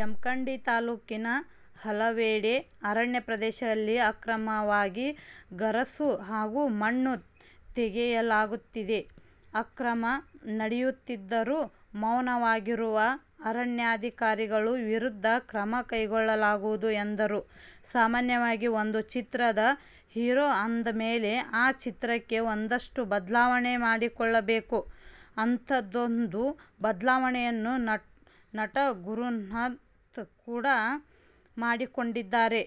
ಜಮಖಂಡಿ ತಾಲೂಕಿನ ಹಲವೆಡೆ ಅರಣ್ಯ ಪ್ರದೇಶದಲ್ಲಿ ಅಕ್ರಮವಾಗಿ ಗರಸು ಹಾಗೂ ಮಣ್ಣು ತೆಗೆಯಲಾಗುತ್ತಿದೆ. ಅಕ್ರಮ ನಡೆಯುತ್ತಿದ್ದರೂ ಮೌನವಾಗಿರುವ ಅರಣ್ಯಾಧಿಕಾರಿಗಳ ವಿರುದ್ಧ ಕ್ರಮ ಕೈಗೊಳ್ಳಲಾಗುವುದು ಎಂದರು. ಸಾಮಾನ್ಯವಾಗಿ ಒಂದು ಚಿತ್ರದ ಹೀರೋ ಅಂದಮೇಲೆ ಆ ಚಿತ್ರಕ್ಕೆ ಒಂದಷ್ಟು ಬದಲಾವಣೆ ಮಾಡಿಕೊಳ್ಳಲೇಬೇಕು. ಅಂಥದ್ದೊಂದು ಬದಲಾವಣೆಯನ್ನು ನಟ ಗುರುನಂದನ್ ಕೂಡ ಮಾಡಿಕೊಂಡಿದ್ದಾರೆ.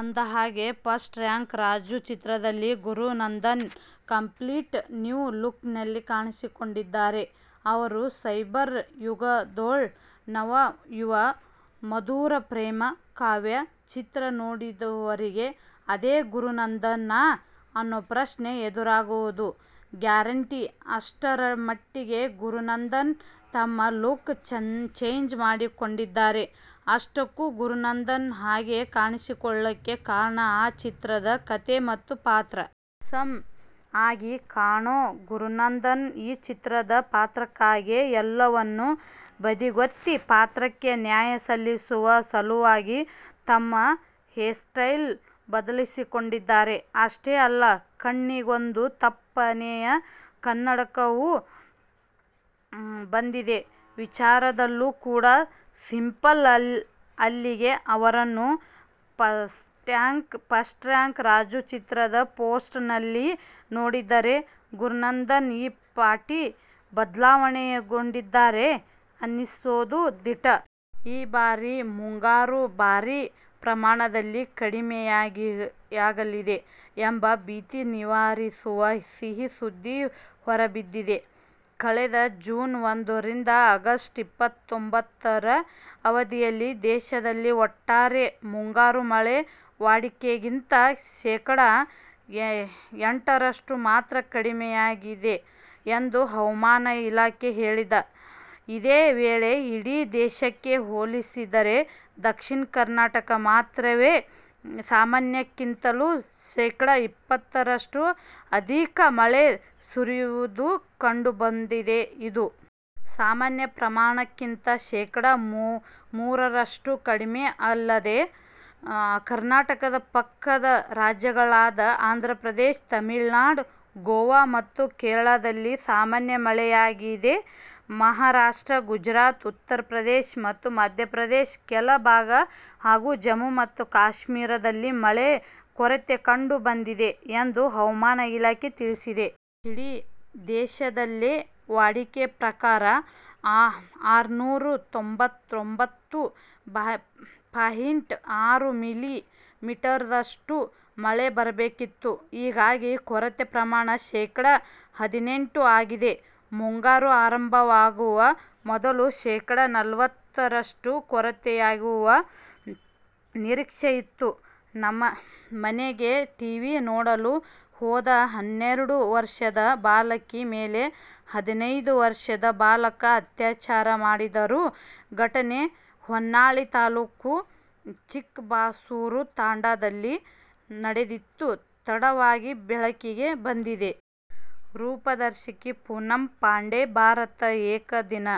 ಅಂದಹಾಗೆ, "ಫಸ್ಟ್ ರ್ಯಾಂಕ್ ರಾಜು' ಚಿತ್ರದಲ್ಲಿ ಗುರುನಂದನ್ ಕಂಪ್ಲೀಟ್ ನ್ಯೂ ಲುಕ್ನಲ್ಲಿ ಕಾಣಿಸಿಕೊಂಡಿದ್ದಾರೆ. ಅವರ "ಸೈಬರ್ ಯುಗದೊಳ್ ನವಯುವ ಮಧುರ ಪ್ರೇಮ ಕಾವ್ಯ' ಚಿತ್ರ ನೋಡಿದವರಿಗೆ ಅದೇ ಗುರುನಂದನಾ ಅನ್ನೋ ಪ್ರಶ್ನೆ ಎದುರಾಗೋದು ಗ್ಯಾರಂಟಿ. ಅಷ್ಟರಮಟ್ಟಿಗೆ ಗುರುನಂದನ್ ತಮ್ಮ ಲುಕ್ ಚೇಂಜ್ ಮಾಡಿಕೊಂಡಿದ್ದಾರೆ. ಅಷ್ಟಕ್ಕೂ ಗುರುನಂದನ್ ಹಾಗೆ ಕಾಣಿಸಿಕೊಳ್ಳೋಕೆ ಕಾರಣ, ಆ ಚಿತ್ರದ ಕಥೆ ಮತ್ತು ಪಾತ್ರ. ಹ್ಯಾಂಡ್ಸಮ್ ಆಗಿ ಕಾಣೋ ಗುರುನಂದನ್, ಈ ಚಿತ್ರದ ಪಾತ್ರಕ್ಕಾಗಿಯೇ ಎಲ್ಲವನ್ನೂ ಬದಿಗೊತ್ತಿ, ಪಾತ್ರಕ್ಕೆ ನ್ಯಾಯ ಸಲ್ಲಿಸುವ ಸಲುವಾಗಿ, ತಮ್ಮ ಹೇರ್ಸ್ಟೈಲ್ ಬದಲಿಸಿಕೊಂಡಿದ್ದಾರೆ. ಅಷ್ಟೇ ಅಲ್ಲ, ಕಣ್ಣಿಗೊಂದು ದಪ್ಪನೆಯ ಕನ್ನಡಕವೂ ಬಂದಿದೆ. ವಿಚಾರದಲ್ಲೂ ಕೂಡ ಸಿಂಪಲ್. ಅಲ್ಲಿಗೆ ಅವರನ್ನು "ಫಸ್ಟ್ರ್ಯಾಂಕ್ ರಾಜು' ಚಿತ್ರದ ಪೋಸ್ಟರ್ನಲ್ಲಿ ನೋಡಿದರೆ, ಗುರುನಂದನ್ ಈ ಪಾಟಿ ಬದಲಾವಣೆಗೊಂಡಿದ್ದಾರಾ ಅನ್ನಿಸೋದು ದಿಟ. ಈ ಬಾರಿ ಮುಂಗಾರು ಭಾರೀ ಪ್ರಮಾಣದಲ್ಲಿ ಕಡಿಮೆಯಾಗಲಿದೆ ಎಂಬ ಭೀತಿ ನಿವಾರಿಸುವ ಸಿಹಿ ಸುದ್ದಿ ಹೊರಬಿದ್ದಿದೆ. ಕಳೆದ ಜೂನ್ ಒಂದ ರಿಂದ ಆಗಸ್ಟ್ ಇಪ್ಪತ್ತೊಂಬತ್ತರ ಅವಧಿಯಲ್ಲಿ ದೇಶದಲ್ಲಿ ಒಟ್ಟಾರೆ ಮುಂಗಾರು ಮಳೆ ವಾಡಿಕೆಗಿಂತ ಶೇಖಡ ಎಂಟರಷ್ಟು ಮಾತ್ರ ಕಡಿಮೆಯಾಗಿದೆ ಎಂದು ಹವಾಮಾನ ಇಲಾಖೆ ಹೇಳಿದೆ. ಇದೇ ವೇಳೆ ಇಡೀ ದೇಶಕ್ಕೆ ಹೋಲಿಸಿದರೆ, ದಕ್ಷಿಣ ಕರ್ನಾಟಕದಲ್ಲಿ ಮಾತ್ರವೇ ಸಾಮಾನ್ಯಕ್ಕಿಂತಲೂ ಶೇಖಡ ಇಪ್ಪತ್ತರಷ್ಟು ಅಧಿಕ ಮಳೆ ಸುರಿದಿರುವುದು ಕಂಡುಬಂದಿದೆ. ಇದು ಸಾಮಾನ್ಯ ಪ್ರಮಾಣಕ್ಕಿಂತ ಶೇಖಡ ಮೂರರಷ್ಟು ಕಡಿಮೆ. ಅಲ್ಲದೆ, ಕರ್ನಾಟಕದ ಪಕ್ಕದ ರಾಜ್ಯಗಳಾದ ಆಂಧ್ರಪ್ರದೇಶ, ತಮಿಳುನಾಡು, ಗೋವಾ ಮತ್ತು ಕೇರಳದಲ್ಲಿ ಸಾಮಾನ್ಯ ಮಳೆಯಾಗಿದೆ. ಮಹಾ ರಾಷ್ಟ್ರ, ಗುಜರಾತ್, ಉತ್ತರ ಪ್ರದೇಶದ ಮತ್ತು ಮಧ್ಯ ಪ್ರದೇಶದ ಕೆಲ ಭಾಗ, ಹಾಗೂ ಜಮ್ಮು ಕಾಶ್ಮೀರದಲ್ಲಿ ಮಳೆಯ ಕೊರತೆ ಕಂಡು ಬಂದಿದೆ ಎಂದು ಹವಾಮಾನ ಇಲಾಖೆ ತಿಳಿಸಿದೆ. ಇಡೀ ದೇಶದಲ್ಲಿ ವಾಡಿಕೆ ಪ್ರಕಾರ ಆರುನೂರ ತೊಂಬತ್ತೊಂಬತ್ತು ಪಾಯಿಂಟ್ ಆರು ಮಿಲಿ ಮೀಟರ್ನಷ್ಟು ಮಳೆ ಬರಬೇಕಿತ್ತು. ಹೀಗಾಗಿ ಕೊರತೆ ಪ್ರಮಾಣ ಶೇಖಡ ಹದಿನೆಂಟು ಆಗಿದೆ. ಮುಂಗಾರು ಆರಂಭವಾಗುವ ಮೊದಲು ಶೇಖಡ ನಲವತ್ತರಷ್ಟು ಕೊರತೆಯಾಗುವ ನಿರೀಕ್ಷೆ ಇತ್ತು. ಮನೆಗೆ ಟೀವಿ ನೋಡಲು ಹೋದ ಹನ್ನೆರಡು ವರ್ಷದ ಬಾಲಕಿ ಮೇಲೆ ಹದಿನೈದು ವರ್ಷದ ಬಾಲಕ ಅತ್ಯಾಚಾರ ಮಾಡಿರುವ ಘಟನೆ ಹೊನ್ನಾಳಿ ತಾಲೂಕು ಚಿಕ್ಕಬಾಸೂರು ತಾಂಡಾದಲ್ಲಿ ನಡೆದಿದ್ದು, ತಡವಾಗಿ ಬೆಳಕಿಗೆ ಬಂದಿದೆ. ರೂಪದರ್ಶಿ ಪೂನಂ ಪಾಂಡೆ ಭಾರತ ಏಕದಿನ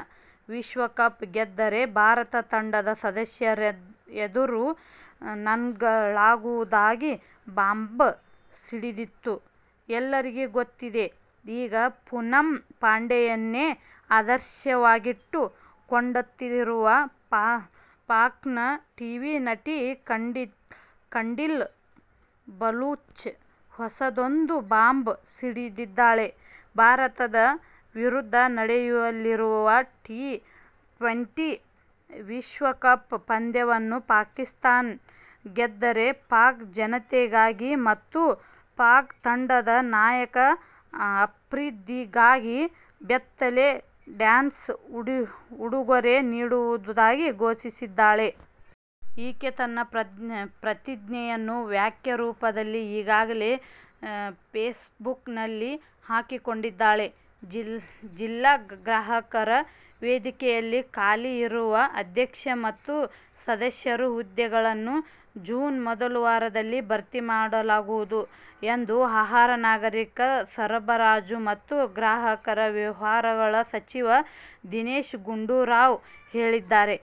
ವಿಶ್ವಕಪ್ ಗೆದ್ದರೆ ಭಾರತ ತಂಡದ ಸದಸ್ಯರೆದುರು ನಗ್ನಳಾಗುವುದಾಗಿ ಬಾಂಬ್ ಸಿಡಿಸಿದ್ದು ಎಲ್ಲರಿಗೂ ಗೊತ್ತಿದೆ. ಈಗ ಪೂನಂ ಪಾಂಡೆಯನ್ನೇ ಆದರ್ಶವಾಗಿಟ್ಟು ಕೊಂಡಂತಿರುವ ಪಾಕ್ನ ಟೀವಿ ನಟಿ ಖಂಡೀಲ್ ಬಲೂಚ್ ಹೊಸದೊಂದು ಬಾಂಬ್ ಸಿಡಿಸಿದ್ದಾಳೆ. ಭಾರತದ ವಿರುದ್ಧ ನಡೆಯಲಿರುವ ಟಿ-ಟ್ವೆಂಟಿ ವಿಶ್ವಕಪ್ ಪಂದ್ಯವನ್ನು ಪಾಕಿಸ್ತಾನ ಗೆದ್ದರೆ ಪಾಕ್ ಜನತೆಗಾಗಿ ಮತ್ತು ಪಾಕ್ ತಂಡದ ನಾಯಕ ಅಫ್ರಿದಿಗಾಗಿ ಬೆತ್ತಲೆ ಡ್ಯಾನ್ಸ್ನ ಉಡುಗೊರೆ ನೀಡುವುದಾಗಿ ಘೋಷಿಸಿದ್ದಾಳೆ. ಈಕೆ ತನ್ನ ಪ್ರತಿಜ್ಞೆಯನ್ನು ವಾಕ್ಯ ರೂಪದಲ್ಲಿ ಈಗಾಗಲೇ ಫೇಸ್ಬುಕ್ನಲ್ಲಿ ಹಾಕಿಕೊಂಡಿದ್ದಾಳೆ. ಜಿಲ್ಲಾ ಗ್ರಾಹಕರ ವೇದಿಕೆಗಳಲ್ಲಿ ಖಾಲಿ ಇರುವ ಅಧ್ಯಕ್ಷ ಮತ್ತು ಸದಸ್ಯರ ಹುದ್ದೆಗಳನ್ನು ಜೂನ್ ಮೊದಲ ವಾರದಲ್ಲಿ ಭರ್ತಿ ಮಾಡಲಾಗುವುದು ಎಂದು ಆಹಾರ, ನಾಗರೀಕ ಸರಬರಾಜು ಮತ್ತು ಗ್ರಾಹಕರ ವ್ಯವಹಾರಗಳ ಸಚಿವ ದಿನೇಶ್ ಗುಂಡೂರಾವ್ ಹೇಳಿದ್ದಾರೆ.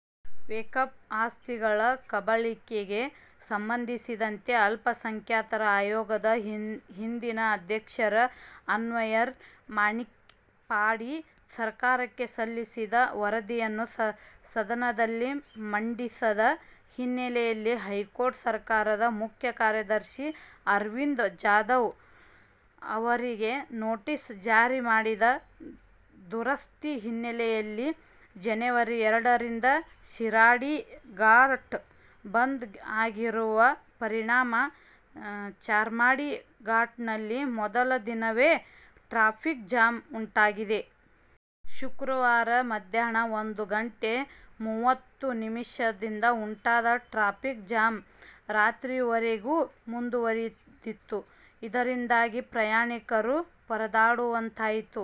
ವಕ್ಫ್ ಆಸ್ತಿಗಳ ಕಬಳಿಕೆಗೆ ಸಂಬಂಧಿಸಿದಂತೆ ಅಲ್ಪಸಂಖ್ಯಾತರ ಆಯೋಗದ ಹಿಂದಿನ ಅಧ್ಯಕ್ಷ ಅನ್ವರ್ ಮಾಣಿಪ್ಪಾಡಿ ಸರ್ಕಾರಕ್ಕೆ ಸಲ್ಲಿಸಿದ್ದ ವರದಿಯನ್ನು ಸದನದಲ್ಲಿ ಮಂಡಿಸದ ಹಿನ್ನೆಲೆಯಲ್ಲಿ ಹೈಕೋರ್ಟ್ ಸರ್ಕಾರದ ಮುಖ್ಯ ಕಾರ್ಯದರ್ಶಿ ಅರವಿಂದ್ ಜಾಧವ್ ಅವರಿಗೆ ನೋಟಿಸ್ ಜಾರಿ ಮಾಡಿದೆ. ದುರಸ್ತಿ ಹಿನ್ನೆಲೆಯಲ್ಲಿ ಜನವರಿ ಎರಡರಿಂದ ಶಿರಾಡಿ ಘಾಟ್ ಬಂದ್ ಆಗಿರುವ ಪರಿಣಾಮ ಚಾರ್ಮಾಡಿ ಘಾಟ್ನಲ್ಲಿ ಮೊದಲ ದಿನವೇ ಟ್ರಾಫಿಕ್ ಜಾಮ್ ಉಂಟಾಗಿದೆ. ಶುಕ್ರವಾರ ಮಧ್ಯಾಹ್ನ ಒಂದು ಗಂಟೆ ಮೂವತ್ತು ನಿಮಿಷದಿಂದ ಉಂಟಾದ ಟ್ರಾಫಿಕ್ ಜಾಮ್, ರಾತ್ರಿವರೆಗೂ ಮುಂದುವರಿದಿತ್ತು. ಇದರಿಂದಾಗಿ ಪ್ರಯಾಣಿಕರು ಪರದಾಡುವಂತಾಯಿತು.